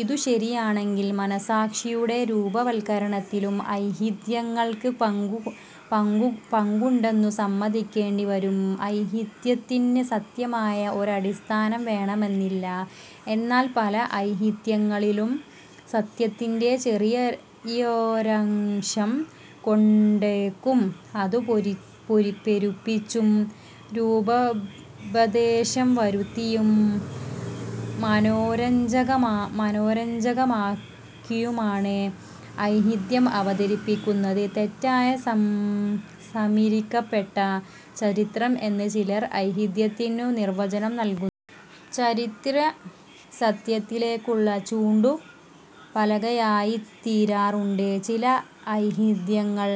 ഇതു ശരിയാണെങ്കിൽ മനസാക്ഷിയുടെ രൂപവത്കരണത്തിലും ഐതിഹ്യങ്ങൾക്ക് പങ്കുണ്ടെന്നു സമ്മതിക്കേണ്ടി വരും. ഐതിഹ്യത്തിന് സത്യമായ ഒരടിസ്ഥാനം വേണമെന്നില്ല; എന്നാൽ പല ഐതിഹ്യങ്ങളിലും സത്യത്തിന്റെ ചെറിയൊരംശം കണ്ടേക്കും. അതു പെരുപ്പിച്ചും രൂപഭേദം രുഭാദേശം വരുത്തിയും മനോരഞ്ചകമാക്കിയുമാണ് ഐതിഹ്യം അവതരിപ്പിക്കുന്നത്, തെറ്റായി സ്മരിക്കപ്പെട്ട സമരിക്കപ്പെട്ട ചരിത്രം എന്ന് ചിലര് ഐതിഹ്യത്തിനു നിർവചനം നൽകുന്നു. ചരിത്രസത്യത്തിലേക്കുള്ള ചൂണ്ടുപലകയായിത്തീരാറുണ്ട് ചില ഐതിഹ്യങ്ങൾ.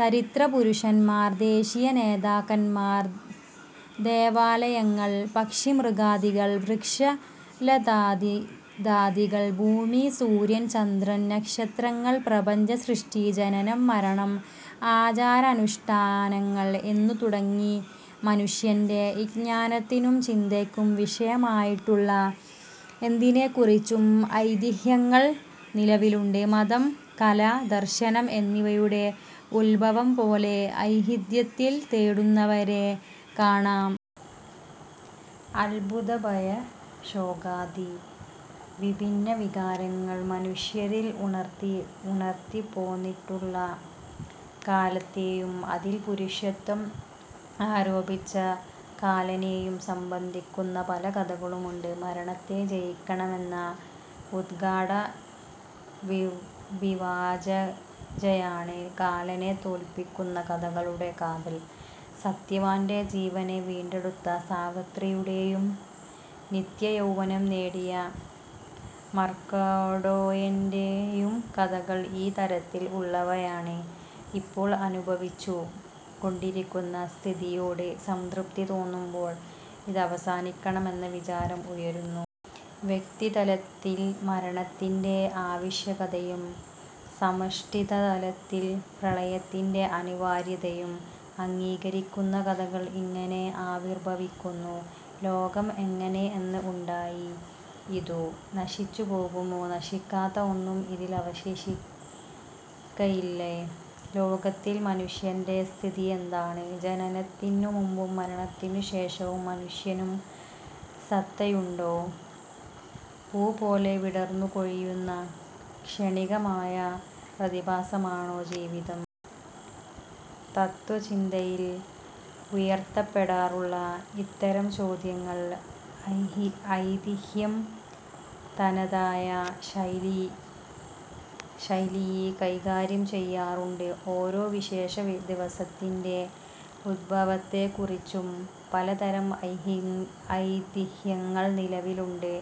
ചരിത്രപുരുഷന്മാർ, ദേശീയ നേതാക്കന്മാർ, ദേവാലയങ്ങൾ, പക്ഷിമൃഗാദികൾ, വൃക്ഷലതാദികൾ, ഭൂമി, സൂര്യൻ, ചന്ദ്രൻ, നക്ഷത്രങ്ങൾ, പ്രപഞ്ചസൃഷ്ടി, ജനനം, മരണം, ആചാരാനുഷ്ഠാനങ്ങൾ എന്നു തുടങ്ങി മനുഷ്യന്റെ ജ്ഞാനത്തിനും ചിന്തയ്ക്കും വിഷയമായിട്ടുള്ള എന്തിനെക്കുറിച്ചും ഐതിഹ്യങ്ങൾ നിലവിലുണ്ട്. മതം, കല, ദർശനം എന്നിവയുടെ ഉദ്ഭവംപോലും ഐതിഹ്യത്തിൽ തേടുന്നവരെ കാണാം. അത്ഭുതഭയശോകാദി വിഭിന്ന വികാരങ്ങൾ മനുഷ്യനിൽ ഉണർത്തിപ്പോന്നിട്ടുള്ള കാലത്തെയും അതിൽ പുരുഷത്വം ആരോപിച്ച കാലനേയും സംബന്ധിക്കുന്ന പല കഥകളും ഉണ്ട്. മരണത്തെ ജയിക്കണമെന്ന ഉത്ക്കടാഭിവാഞ്ചയാണ് കാലനെ തോല്പിക്കുന്ന കഥകളുടെ കാതൽ. സത്യവാന്റെ ജീവനെ വീണ്ടെടുത്ത സാവിത്രിയുടെയും നിത്യയൗവനം നേടിയ മാർക്കണ്ഡേയന്റെയും കഥകള് ഈ തരത്തിൽ ഉള്ളവയാണ്. ഇപ്പോൾ അനുഭവിച്ചു കൊണ്ടിരിക്കുന്ന സ്ഥിതിയോട് അസംതൃപ്തി തോന്നുമ്പോൾ ഇതവസാനിക്കണമെന്ന വിചാരം ഉയരുന്നു. വ്യക്തിതലത്തിൽ മരണത്തിന്റെ ആവശ്യകതയും സമഷ്ടിതലത്തിൽ പ്രളയത്തിന്റെ അനിവാര്യതയും അംഗീകരിക്കുന്ന കഥകൾ ഇങ്ങനെ ആവിർഭവിക്കുന്നു. ലോകം എങ്ങനെ, എന്ന്, ഉണ്ടായി? ഇതു നശിച്ചുപോകുമോ? നശിക്കാത്ത ഒന്നും ഇതിൽ അവശേഷിക്കയില്ലേ? ലോകത്തിൽ മനുഷ്യന്റെ സ്ഥിതിയെന്താണ്? ജനനത്തിനു മുമ്പും മരണത്തിനു ശേഷവും മനുഷ്യനു സത്തയുണ്ടോ? പൂപോലെ വിടർന്നു കൊഴിയുന്ന ക്ഷണികമായ പ്രതിഭാസമാണോ ജീവിതം? തത്ത്വചിന്തയിൽ ഉയർത്തപ്പെടാറുള്ള ഇത്തരം ചോദ്യങ്ങൾ ഐതിഹ്യം തനതായ ശൈലിയി കൈകാര്യം ചെയ്യാറുണ്ട്. ഓരോ വിശേഷ ദിവസത്തിന്റെ ഉദ്ഭവത്തെക്കുറിച്ചും പലതരം ഐതിഹ്യങ്ങൾ നിലവിലുണ്ട്.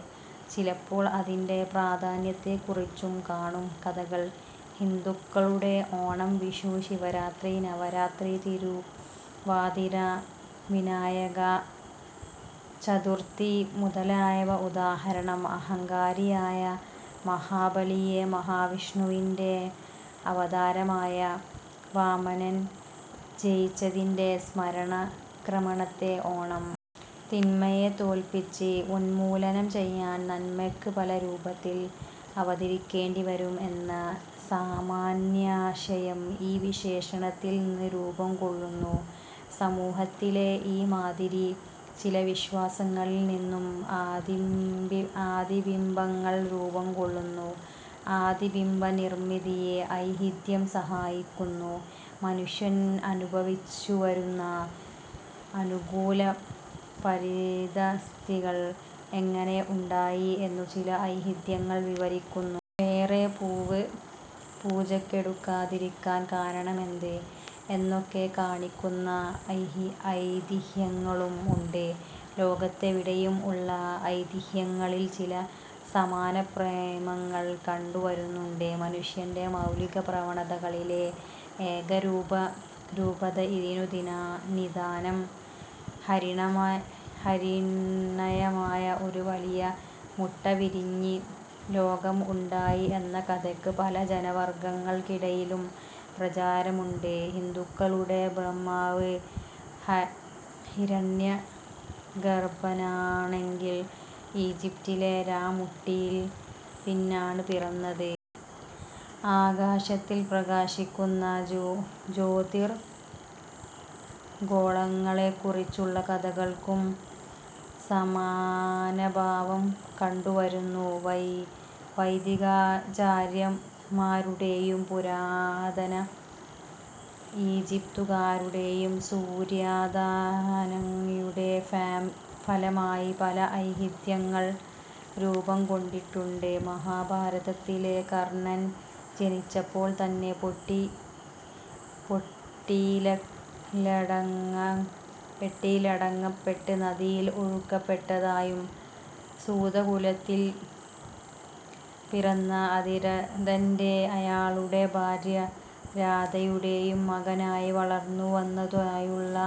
ചിലപ്പോൾ അതിന്റെ പ്രാധാന്യത്തെക്കുറിച്ചും കാണും കഥകൾ. ഹിന്ദുക്കളുടെ ഓണം, വിഷു, ശിവരാത്രി, നവരാത്രി, തിരുവാതിര, വിനായകചതുർത്ഥി മുതലായവ ഉദാഹരണം. അഹങ്കാരിയായ മഹാബലിയെ മഹാവിഷ്ണുവിന്റെ അവതാരമായ വാമനൻ ജയിച്ചതിന്റെ സ്മാരകമാണത്രേ ഓണം. തിന്മയെ തോല്പിച്ച് ഉന്മൂലനം ചെയ്യാൻ നന്മയ്ക്ക് പല രൂപത്തിൽ അവതരിക്കേണ്ടിവരും എന്ന സാമാന്യാശയം ഈ വിശേഷണത്തിൽ നിന്ന് രൂപം കൊള്ളുന്നു. സമൂഹത്തിലെ ഈ മാതിരി ചില വിശ്വാസങ്ങളിൽ നിന്നും ആദിബിംബങ്ങൾ രൂപം കൊള്ളുന്നു; ആദിബിംബനിർമിതിയെ ഐതിഹ്യം സഹായിക്കുന്നു. മനുഷ്യൻ അനുഭവിച്ചുവരുന്ന അനുകൂല പരിതഃസ്ഥികൾ എങ്ങനെ ഉണ്ടായി എന്നു ചില ഐതിഹ്യങ്ങൾ വിവരിക്കുന്നു. വേറൊരു പൂവ് പൂജക്കെടുക്കാതിരിക്കാൻ കാരണമെന്ത്? എന്നൊക്കെ കാണിക്കുന്ന ഐതിഹ്യങ്ങളും ഉണ്ട്. ലോകത്തെവിടെയും ഉള്ള ഐതിഹ്യങ്ങളിൽ ചില സമാനപ്രമേയങ്ങൾ കണ്ടുവരുന്നുണ്ട്. മനുഷ്യന്റെ മൗലിക പ്രവണതകളിലെ ഏകരൂപത ഇതിനു നിദാനം. ഹിരണ്മയമായ ഒരു വലിയ മുട്ടവിരിഞ്ഞ് ലോകം ഉണ്ടായി എന്ന കഥയ്ക്ക് പല ജനവർഗ്ഗങ്ങൾക്കിടയിലും പ്രചാരമുണ്ട്. ഹിന്ദുക്കളുടെ ബ്രഹ്മാവ് ഹിരണ്യഗർഭനാണെങ്കിൽ ഈജിപ്റ്റിലെ രാ മുട്ടയിൽ നിന്നാണ് പിറന്നത്. ആകാശത്തിൽ പ്രകാശിക്കുന്ന ജ്യോതിർഗോളങ്ങളെക്കുറിച്ചുള്ള കഥകൾക്കും സമാനഭാവം കണ്ടുവരുന്നു. വൈദികാചാര്യന്മാരുടെയും പുരാതന ഈജിപ്തുകാരുടെയും സൂര്യാരാധനയുടെ ഫലമായി പല ഐതിഹ്യങ്ങൾ രൂപംകൊണ്ടിട്ടുണ്ട്. മഹാഭാരതത്തിലെ കർണൻ ജനിച്ചപ്പോൾ തന്നെ പെട്ടിയിലടക്കപ്പെട്ട് നദിയിൽ ഒഴുക്കപ്പെട്ടതായും സൂതകുലത്തിൽ പിറന്ന അതിരഥന്റെയും അയാളുടെ ഭാര്യ രാധയുടെയും മകനായി വളർന്നുവന്നതായും ഉള്ള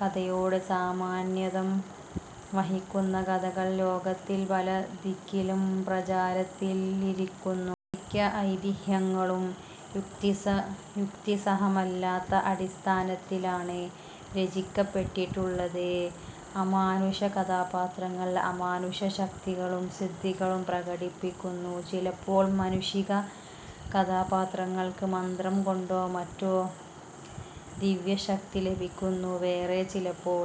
കഥയോട് സമാനത്വം വഹിക്കുന്ന കഥകൾ ലോകത്തിൽ പല ദിക്കിലും പ്രചാരത്തിലിരിക്കുന്നു. മിക്ക ഐതിഹ്യങ്ങളും യുക്തിസഹമല്ലാത്ത അടിസ്ഥാനത്തിലാണ് രചിക്കപ്പെട്ടിട്ടുള്ളത്; അമാനുഷ കഥാപാത്രങ്ങൾ അമാനുഷ ശക്തികളും സിദ്ധികളും പ്രകടിപ്പിക്കുന്നു. ചിലപ്പോൾ മനുഷ കഥാപാത്രങ്ങൾക്ക് മന്ത്രംകൊണ്ടോ മറ്റോ ദിവ്യശക്തി ലഭിക്കുന്നു. വേറേ ചിലപ്പോൾ